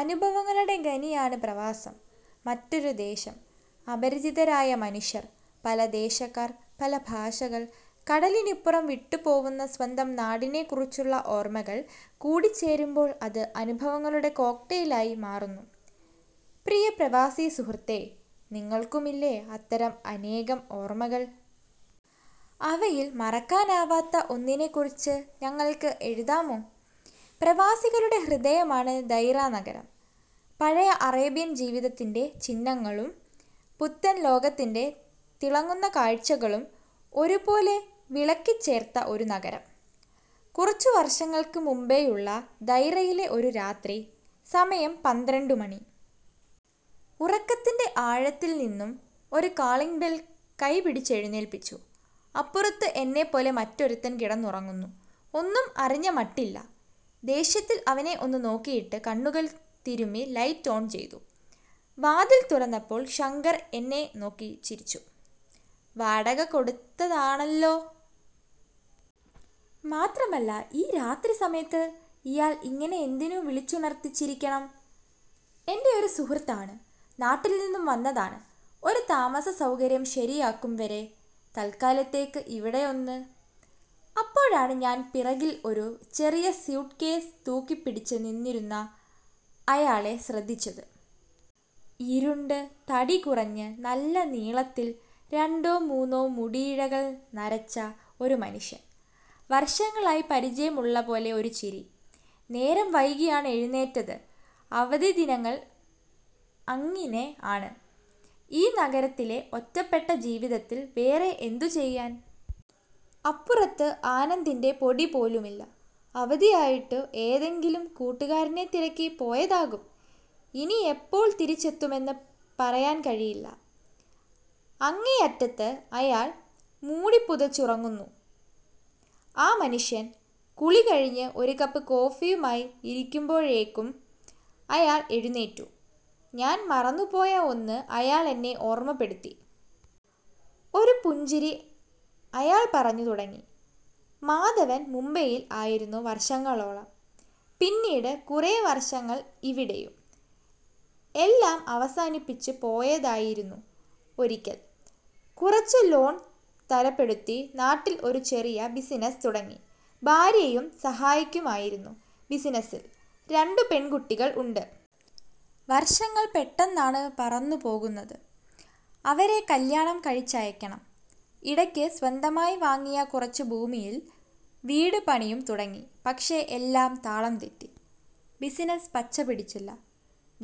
അനുഭവങ്ങളുടെ ഖനിയാണ് പ്രവാസം. മറ്റൊരു ദേശം. അപരിചിതരായ മനുഷ്യർ. പല ദേശക്കാർ. പല ഭാഷകൾ. കടലിനിപ്പുറം വിട്ടു പോവുന്ന സ്വന്തം നാടിനെക്കുറിച്ചുള്ള ഓർമ്മകൾ കൂടി ചേരുമ്പോൾ അത് അനുഭവങ്ങളുടെ കോക് ടെയിലായി മാറുന്നു. പ്രിയ പ്രവാസി സുഹൃത്തേ, നിങ്ങള്ക്കുമില്ലേ, അത്തരം അനേകം ഓർമ്മകൾ. അവയിൽ മറക്കാനാവാത്ത ഒന്നിനെ കുറിച്ച് ഞങ്ങൾക്ക് എഴുതാമോ? പ്രവാസികളുടെ ഹൃദയമാണ് ദൈറ നഗരം. പഴയ അറേബ്യൻ ജീവിതത്തിന്റെ ചിഹ്നങ്ങളും പുത്തൻ ലോകത്തിന്റെ തിളങ്ങുന്ന കാഴ്ചകളും ഒരു പോലെ വിളക്കി ചേർത്ത ഒരു നഗരം. കുറച്ചു വർഷങ്ങൾക്ക് മുമ്പെയുള്ള ദൈറയിലെ ഒരു രാത്രി. സമയം പന്ത്രണ്ടു മണി. ഉറക്കത്തിന്റെ ആഴത്തിൽ നിന്നും ഒരു കാളിംഗ് ബെൽ കൈ പിടിച്ചെഴുന്നേൽപ്പിച്ചു. അപ്പുറത്ത് എന്നെപ്പോലെ മറ്റൊരുത്തൻ കിടന്നുറങ്ങുന്നു. ഒന്നും അറിഞ്ഞ മട്ടില്ല. ദേഷ്യത്തിൽ അവനെ ഒന്നു നോക്കിയിട്ട് കണ്ണുകൾ തിരുമ്മി ലൈറ്റ് ഓൺ ചെയ്തു. വാതിൽ തുറന്നപ്പോൾ ശങ്കർ എന്നെ നോക്കി ചിരിച്ചു. വാടക കൊടുത്തതാണല്ലോ! മാത്രമല്ല ഈ രാത്രി സമയത്ത് ഇയാൾ ഇങ്ങിനെ എന്തിനു വിളിച്ചുണർത്തി ചിരിക്കണം? ' എന്റെ ഒരു സുഹൃത്ത് ആണ്. നാട്ടിൽ നിന്നും വന്നതാണ് ഒരു താമസ സൗകര്യം ശരിയാകും വരെ തൽക്കാലത്തേക്ക് ഇവിടെ ഒന്ന്. '. അപ്പോഴാണ് ഞാൻ പിറകിൽ ഒരു ചെറിയ സ്യൂട്ട്കേസ് തൂക്കിപ്പിടിച്ച് നിന്നിരുന്ന അയാളെ ശ്രദ്ധിച്ചത്. ഇരുണ്ട് തടി കുറഞ്ഞ് നല്ല നീളത്തിൽ, രണ്ടോ മൂന്നോ മുടിയിഴകൾ നരച്ച, ഒരു മനുഷ്യൻ. വർഷങ്ങളായി പരിചയം ഉള്ള പോലെ ഒരു ചിരി! നേരം വൈകിയാണ് എഴുന്നേറ്റത്. അവധി ദിനങ്ങൾ അങ്ങിനെ ആണ്. ഈ നഗരത്തിലെ ഒറ്റപ്പെട്ട ജീവിതത്തിൽ വേറെ എന്തു ചെയ്യാൻ? അപ്പുറത്ത് ആനന്ദിന്റെ പൊടി പോലുമില്ല. അവധി ആയിട്ടു ഏതെങ്കിലും കൂട്ടുകാരനെ തിരക്കി പോയതാകും. ഇനി എപ്പോൾ തിരിച്ചെത്തുമെന്ന് പറയാൻ കഴിയില്ല. അങ്ങേയറ്റത്ത് അയാൾ മൂടിപുതച്ചുറങ്ങുന്നു. ആ മനുഷ്യൻ. കുളി കഴിഞ്ഞ് ഒരു കപ്പ് കോഫിയുമായി ഇരിക്കുമ്പോഴേക്കും അയാൾ എഴുന്നേറ്റു. ഞാൻ മറന്നു പോയ ഒന്ന് അയാൾ എന്നെ ഓർമ്മപ്പെടുത്തി. ഒരു പുഞ്ചിരി! അയാൾ പറഞ്ഞു തുടങ്ങി: മാധവൻ മുംബൈയിൽ ആയിരുന്നു വർഷങ്ങളോളം. പിന്നീട് കുറെ വർഷങ്ങൾ ഇവിടെയും. എല്ലാം അവസാനിപ്പിച്ചു പോയതായിരുന്നു ഒരിക്കൽ. കുറച്ചു ലോൺ തരപ്പെടുത്തി നാട്ടിൽ ഒരു ചെറിയ ബിസിനസ് തുടങ്ങി. ഭാര്യയും സഹായിക്കുമായിരുന്നു ബിസിനസിൽ. രണ്ടു പെൺകുട്ടികൾ ഉണ്ട്. വർഷങ്ങൾ പെട്ടെന്നാണ് പറന്നു പോകുന്നത്. അവരെ കല്ല്യാണം കഴിച്ചയക്കണം. ഇടക്ക് സ്വന്തമായി വാങ്ങിയ കുറച്ചു ഭൂമിയിൽ വീട് പണിയും തുടങ്ങി. പക്ഷെ എല്ലാം താളം തെറ്റി. ബിസിനസ് പച്ച പിടിച്ചില്ല.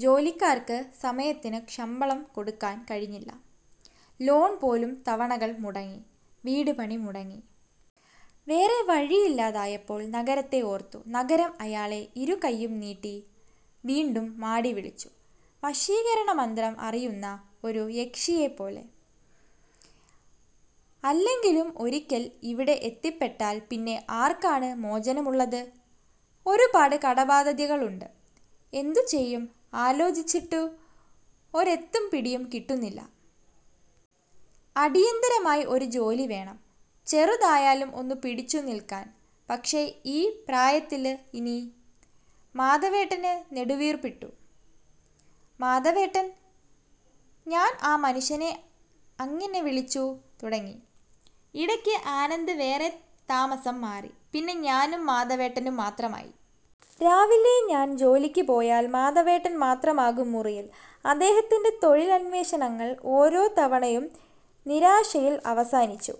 ജോലിക്കാർക്ക് സമയത്തിന് ശമ്പളം കൊടുക്കാൻ കഴിഞ്ഞില്ല. ലോൺ പോലും തവണകൾ മുടങ്ങി. വീട് പണി മുടങ്ങി. വേറെ വഴിയില്ലാതായപ്പോൾ നഗരത്തെ ഓർത്തു. നഗരം അയാളെ ഇരുകൈയ്യും നീട്ടി വീണ്ടും മാടി വിളിച്ചു. വശീകരണമന്ത്രം അറിയുന്ന ഒരു യക്ഷിയെപ്പോലെ! അല്ലെങ്കിലും ഒരിക്കൽ ഇവിടെ എത്തിപ്പെട്ടാൽ പിന്നെ ആർക്കാണ് മോചനം ഉള്ളത്? ' ഒരുപാട് കടബാധ്യതകൾ ഉണ്ട്. എന്തു ചെയ്യും? ആലോചിച്ചിട്ടു ഒരെത്തും പിടിയും കിട്ടുന്നില്ല. അടിയന്തിരമായി ഒരു ജോലി വേണം. ചെറുതായാലും ഒന്ന് പിടിച്ചു നിൽക്കാൻ. പക്ഷെ, ഈ പ്രായത്തില് ഇനി? ' മാധവേട്ടന് നെടുവീർപ്പിട്ടു. ' മാധവേട്ടൻ ' ഞാൻ ആ മനുഷ്യനെ അങ്ങിനെ വിളിച്ചു തുടങ്ങി. ഇടയ്ക്ക് ആനന്ദ് വേറെ താമസം മാറി. പിന്നെ ഞാനും മാധവേട്ടനും മാത്രമായി. രാവിലെ ഞാൻ ജോലിക്ക് പോയാൽ മാധവേട്ടൻ മാത്രമാകും മുറിയിൽ. അദ്ദേഹത്തിന്റെ തൊഴിൽ അന്വേഷണങ്ങൾ ഓരോ തവണയും നിരാശയിൾ അവസാനിച്ചു.